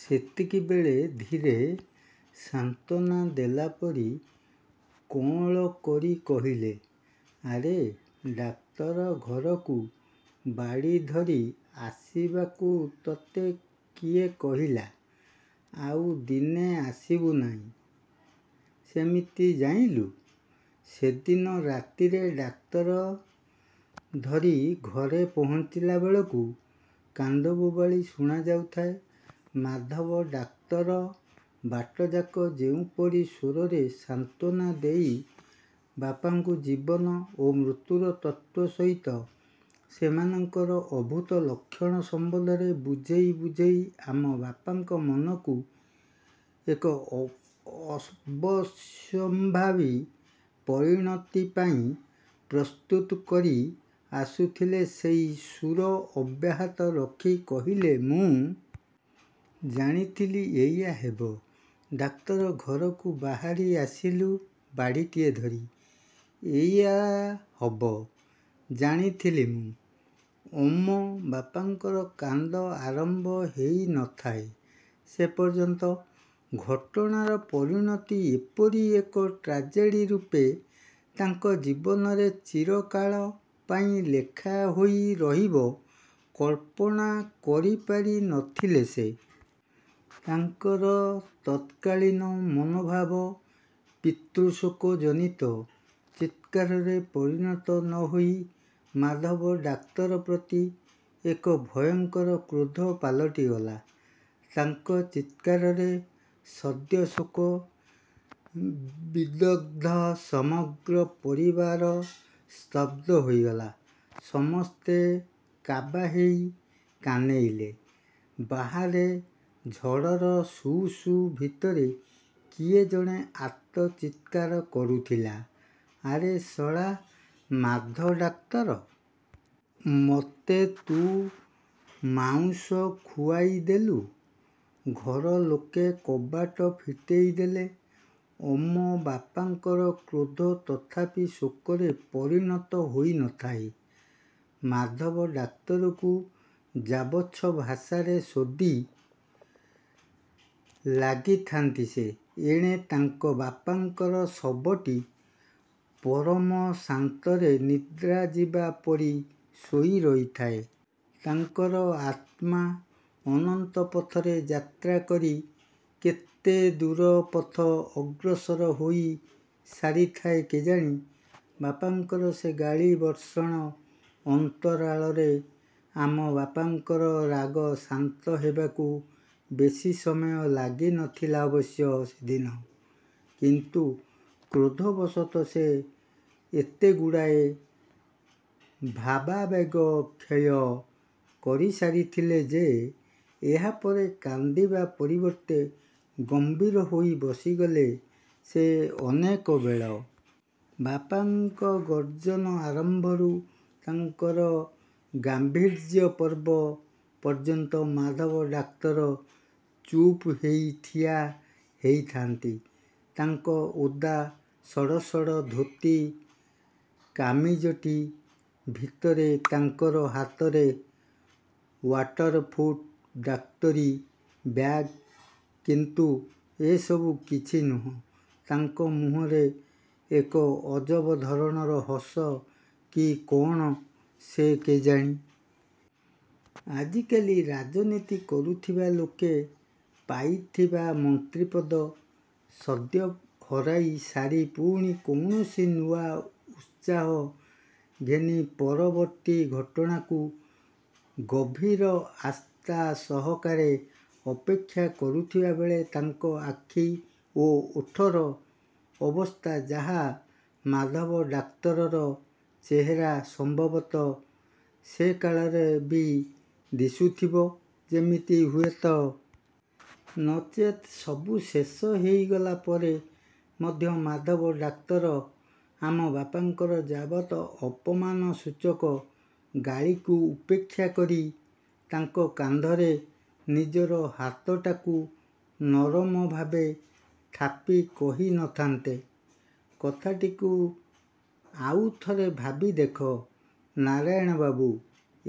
ସେତିକିବେଳେ ଧୀରେ, ସାନ୍ତ୍ୱନା ଦେଲା ପରି କଅଁଳ କରି କହିଲେ, "ଆରେ! ଡାକ୍ତର ଘରକୁ ବାଡ଼ି ଧରି ଆସିବାକୁ ତତେ କିଏ କହିଲା! ଆଉ ଦିନେ ଆସିବୁ ନାଇଁ ସେମିତି-ଜାଇଁଲୁ! " ସେଦିନ ରାତିରେ ଡାକ୍ତର ଧରି ଘରେ ପହଞ୍ଚିଲା ବେଳକୁ କାନ୍ଦବୋବାଳି ଶୁଣାଯାଉଥାଏ। ମାଧବ ଡାକ୍ତର ବାଟଯାକ ଯେଉଁପରି ସ୍ଵରରେ ସାନ୍ତ୍ୱନା ଦେଇ ବାପାଙ୍କୁ ଜୀବନ ଓ ମୃତ୍ୟୁର ତତ୍ତ୍ଵ ସହିତ ସେମାନଙ୍କର ଅଦ୍ଭୁତ ଲକ୍ଷଣ ସମ୍ବନ୍ଧରେ ବୁଝେଇ ବୁଝେଇ ଆମ ବାପାଙ୍କ ମନକୁ ଏକ ଅବଶ୍ୟମ୍ଭାବୀ ପରିଣତି ପାଇଁ ପ୍ରସ୍ତୁତ କରି ଆସୁଥିଲେ ସେହି ସୁର ଅବ୍ୟାହତ ରଖି କହିଲେ, "ମୁଁ। ଜାଣିଥିଲି। ଏଇଆ ହେବ। ଡାକ୍ତର ଘରକୁ ବାହାରି ଆସିଲୁ ବାଡ଼ିଟିଏ ଧରି। ଏଇଆ ହବ। ଜାଣିଥିଲି ମୁଁ " ଅମ ବାପାଙ୍କର କାନ୍ଦ ଆରମ୍ଭ ହେଇ ନ ଥାଏ ସେ ପର୍ଯ୍ୟନ୍ତ। ଘଟଣାର ପରିଣତି ଏପରି ଏକ ଟ୍ରାଜେଡ଼ି ରୂପେ ତାଙ୍କ ଜୀବନରେ ଚିରକାଳ ପାଇଁ ଲେଖା ହୋଇ ରହିବ କଳ୍ପନା କରିପାରି ନ ଥିଲେ ସେ। ତାଙ୍କର ତତ୍କାଳୀନ ମନୋଭାବ ପିତୃଶୋକ ଜନିତ ଚିତ୍କାରରେ ପରିଣତ ନ ହୋଇ ମାଧବ ଡାକ୍ତର ପ୍ରତି ଏକ ଭୟଙ୍କର କ୍ରୋଧ ପାଲଟିଗଲା। ତାଙ୍କ ଚିତ୍କାରରେ ସଦ୍ୟ ଶୋକ ବିଦଗ୍ଧ ସମଗ୍ର ପରିବାରଟି ସ୍ତବ୍ଧ ହୋଇଗଲା। ସମସ୍ତେ କାବା ହେଇ କାନେଇଲେ। ବାହାରେ, ଝଡ଼ର ସୁ ସୁ ଭିତରେ କିଏ ଜଣେ ଆର୍ତ୍ତ ଚିତ୍କାର କରୁଥିଲା- "ଆରେ ଶଳା ମାଧ ଡାକ୍ତର। ମତେ ତୁ ମାଉଁସ ଖୁଆଇ ଦେଲୁ। " ଘର ଲୋକେ କବାଟ ଫିଟେଇ ଦେଲେ। ଅମ ବାପାଙ୍କର କ୍ରୋଧ ତଥାପି ଶୋକରେ ପରିଣତ ହୋଇ ନ ଥାଏ। ମାଧବ ଡାକ୍ତରକୁ ଯାବଚ୍ଛ ଭାଷାରେ ଶୋଧି ଲାଗିଥାନ୍ତି ସେ। ଏଣେ ତାଙ୍କ ବାପାଙ୍କର ଶବଟି ପରମ ଶାନ୍ତରେ ନିଦ୍ରା ଯିବା ପରି ଶୋଇ ରହିଥାଏ। ତାଙ୍କର ଆତ୍ମା ଅନନ୍ତ ପଥରେ ଯାତ୍ରା କରି କେତେ ଦୂର ପଥ ଅଗ୍ରସର ହୋଇ ସାରିଥାଏ କେଜାଣି ବାପାଙ୍କର ସେ ଗାଳି ବର୍ଷଣ ଅନ୍ତରାଳରେ। ଆମ ବାପାଙ୍କର ରାଗ ଶାନ୍ତ ହେବାକୁ ବେଶୀ ସମୟ ଲାଗି ନ ଥିଲା ଅବଶ୍ୟ ସେଦିନ। କିନ୍ତୁ, କ୍ରୋଧବଶତଃ ସେ ଏତେଗୁଡ଼ାଏ ଭାବାବେଗ କ୍ଷୟ କରି ସାରିଥିଲେ ଯେ ଏହାପରେ କାନ୍ଦିବା ପରିବର୍ତ୍ତେ ଗମ୍ଭୀର ହୋଇ ବସିଗଲେ ସେ ଅନେକ ବେଳ। ବାପାଙ୍କ ଗର୍ଜନ ଆରମ୍ଭରୁ ତାଙ୍କର ଗାମ୍ଭୀର୍ଯ୍ୟ ପର୍ବ ପର୍ଯ୍ୟନ୍ତ ମାଧବ ଡାକ୍ତର ଚୁପ୍ ହେଇ ଠିଆ ହେଇଥାନ୍ତି ତାଙ୍କ ଓଦା ସଢ଼ସଢ଼ ଧୋତି କାମିଜଟି ଭିତରେ। ତାଙ୍କ ହାତରେ ୱାଟରପ୍ରୁଫ୍ ଡାକ୍ତରୀ ବ୍ୟାଗ୍। କିନ୍ତୁ, ଏସବୁ କିଛି ନୁହଁ। ତାଙ୍କ ମୁହଁରେ ଏକ ଅଜବ ଧରଣର ହସ କି କଅଣ ସେ କେଜାଣି! ଆଜିକାଲି ରାଜନୀତି କରୁଥିବା ଲୋକେ ପାଇଥିବା ମନ୍ତ୍ରୀପଦ ସଦ୍ୟ ହରାଇ ସାରି ପୁଣି କୌଣସି ନୂଆ ଉତ୍ସାହ ଘେନି ପରବର୍ତ୍ତୀ ଘଟଣାକୁ ଗଭୀର ଆସ୍ଥା ସହକାରେ ଅପେକ୍ଷା କରୁଥିବା ବେଳେ ତାଙ୍କ ଆଖି ଓ ଓଠର ଅବସ୍ଥା ଯାହା ମାଧବ ଡାକ୍ତରର ଚେହେରା ସମ୍ଭବତଃ ସେକାଳରେ ବି ଦିଶୁଥିବ ଯେମିତି ହୁଏତ। ନଚେତ୍ ସବୁ ଶେଷ ହେଇଗଲା ପରେ ମଧ୍ୟ ମାଧବ ଡାକ୍ତର ଆମ ବାପାଙ୍କର ଯାବତ ଅପମାନସୂଚକ ଗାଳିକୁ ଉପେକ୍ଷା କରି, ତାଙ୍କ କାନ୍ଧରେ ନିଜର ହାତଟାକୁ ନରମଭାବେ ଥାପି କହି ନ ଥାନ୍ତେ। "କଥାଟିକୁ ଆଉଥରେ ଭାବି ଦେଖ ନାରାୟଣ ବାବୁ!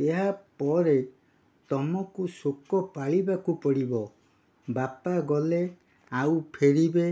ଏହାପରେ ତମକୁ ଶୋକ ପାଳିବାକୁ ପଡ଼ିବ। ବାପା ଗଲେ-ଆଉ ଫେରିବେ